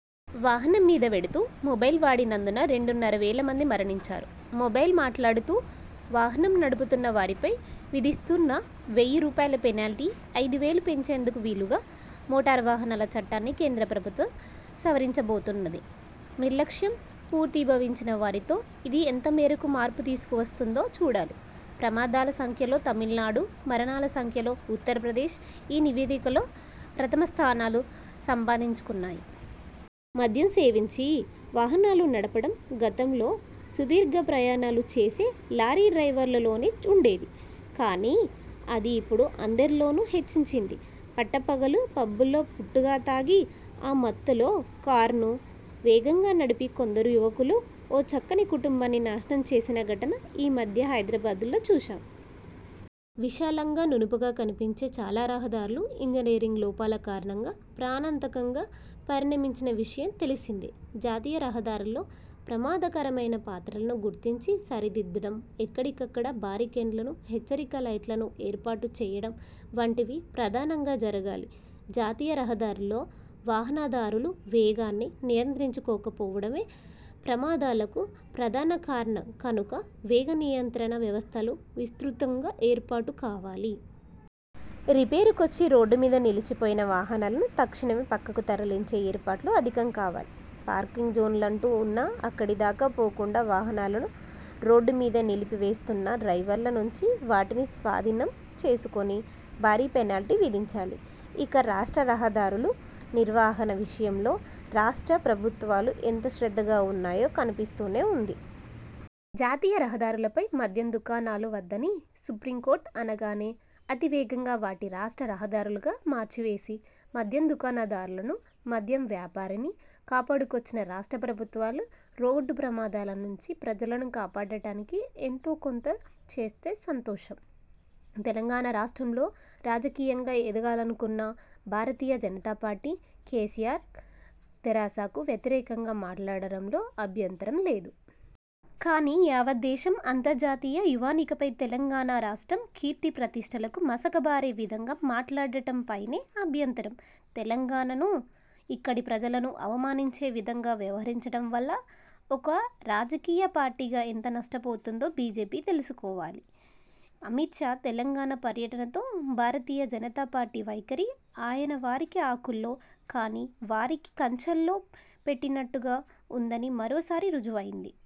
వాహనం మీద వెడుతూ మొబైల్ వాడినందున రెండున్నర వేలమంది మరణించారు. మొబైల్ మాట్లాడుతూ వాహనం నడుపుతున్న వారిపై విధిస్తున్న వెయ్యి రూపాయల పెనాల్టీని ఐదువేలకు పెంచేందుకు వీలుగా మోటారువాహనాల చట్టాన్ని కేంద్రప్రభుత్వం సవరించబోతున్నది. నిర్లక్ష్యం మూర్తీభవించిన వారిలో ఇది ఎంతమేరకు మార్పు తీసుకువస్తుందో చూడాలి. ప్రమాదాల సంఖ్యలో తమిళనాడు, మరణాల సంఖ్యలో ఉత్తర్ప్రదేశ్ ఈ నివేదికలో ప్రథమస్థానాలు సంపాదించుకున్నాయి. మద్యం సేవించి వాహనాలు నడపడం గతంలో సుదీర్ఘ ప్రయణాలు చేసే లారీ డ్రైవర్లలోనే ఉండేది. కానీ, అది ఇప్పుడు అందరిలోనూ హెచ్చింది. పట్టపగలు పబ్బులో పూటుగా తాగి, ఆ మత్తులో కారును వేగంగా నడిపి కొందరు యువకులు ఓ చక్కని కుటుంబాన్ని నాశనం చేసిన ఘటన ఈ మధ్య హైదరాబాద్లో చూశాం. విశాలంగా, నునుపుగా కనిపించే చాలా రహదారులు ఇంజనీరింగ్ లోపాల కారణంగా ప్రాణాంతంగా పరిణమించిన విషయం తెలిసిందే. జాతీయ రహదారుల్లో ప్రమాదకరమైన ప్రాంతాలను గుర్తించి సరిదిద్దడం, ఎక్కడికక్కడ బారికేడ్లను, హెచ్చరిక లైట్లను ఏర్పాటు చేయడం వంటివి ప్రధానంగా జరగాలి. జాతీయ రహదారుల్లో వాహనదారులు వేగాన్ని నియంత్రించుకోకపోవడమే ప్రమాదాలకు ప్రధాన కారణం కనుక వేగనియంత్రణ వ్యవస్థలు విస్తృతంగా ఏర్పాటు కావాలి. రిపేరుకొచ్చి రోడ్డుమీద నిలిచిపోయిన వాహనాలను తక్షణమే పక్కకు తరలించే ఏర్పాట్లు అధికం కావాలి. పార్కింగ్ జోన్లంటూ ఉన్నా అక్కడిదాకా పోకుండా వాహనాలను రోడ్డుమీదే నిలిపివేస్తున్న డ్రైవర్ల నుంచి వాటిని స్వాధీనం చేసుకొని, భారీ పెనాల్టీ విధించాలి. ఇక, రాష్ట్ర రహదారుల నిర్వహణ విషయంలో రాష్ట్ర ప్రభుత్వాలు ఎంత శ్రద్ధగా ఉన్నాయో కనిపిస్తూనే ఉన్నది. జాతీయ రహదారులపై మద్యం దుకాణాలు వద్దని సుప్రీంకోర్టు అనగానే, అతివేగంగా వాటిని రాష్ట్ర రహదారులుగా మార్చివేసి మద్యం దుకాణదారులను, మద్యం వ్యాపారాన్నీ కాపాడుకొచ్చిన రాష్ట్ర ప్రభుత్వాలు రోడ్డుప్రమాదాలనుంచి ప్రజలను కాపాడటానికి ఎంతోకొంత చేస్తే సంతోషం. తెలంగాణ రాష్ట్రంలో రాజకీయంగా ఎదగాలనుకున్న భారతీయ జనతా పార్టీ కేసీఆర్కు, తెరాసకు వ్యతిరేకంగా మాట్లాడడంలో అభ్యంతరం లేదు. కానీ, యావత్ దేశం, అంతర్జాతీయ యవనికపై తెలంగాణ రాష్ట్రం కీర్తి ప్రతిష్టలకు మసకబారే విధంగా మాట్లాడటంపైనే అభ్యంతరం. తెలంగాణను, ఇక్కడి ప్రజలను అవమానించే విధంగా వ్యవహరించడం వల్ల ఒక రాజకీయ పార్టీగా ఎంత నష్టపోతుందో బీజేపీ తెలుసుకోవాలి. అమిత్ షా తెలంగాణ పర్యటనతో భారతీయ జనతా పార్టీ వైఖరి అయినవారికి ఆకుల్లో, కానివారికి కంచాల్లో పెట్టినట్టుగా ఉందని మరోసారి రుజువయింది.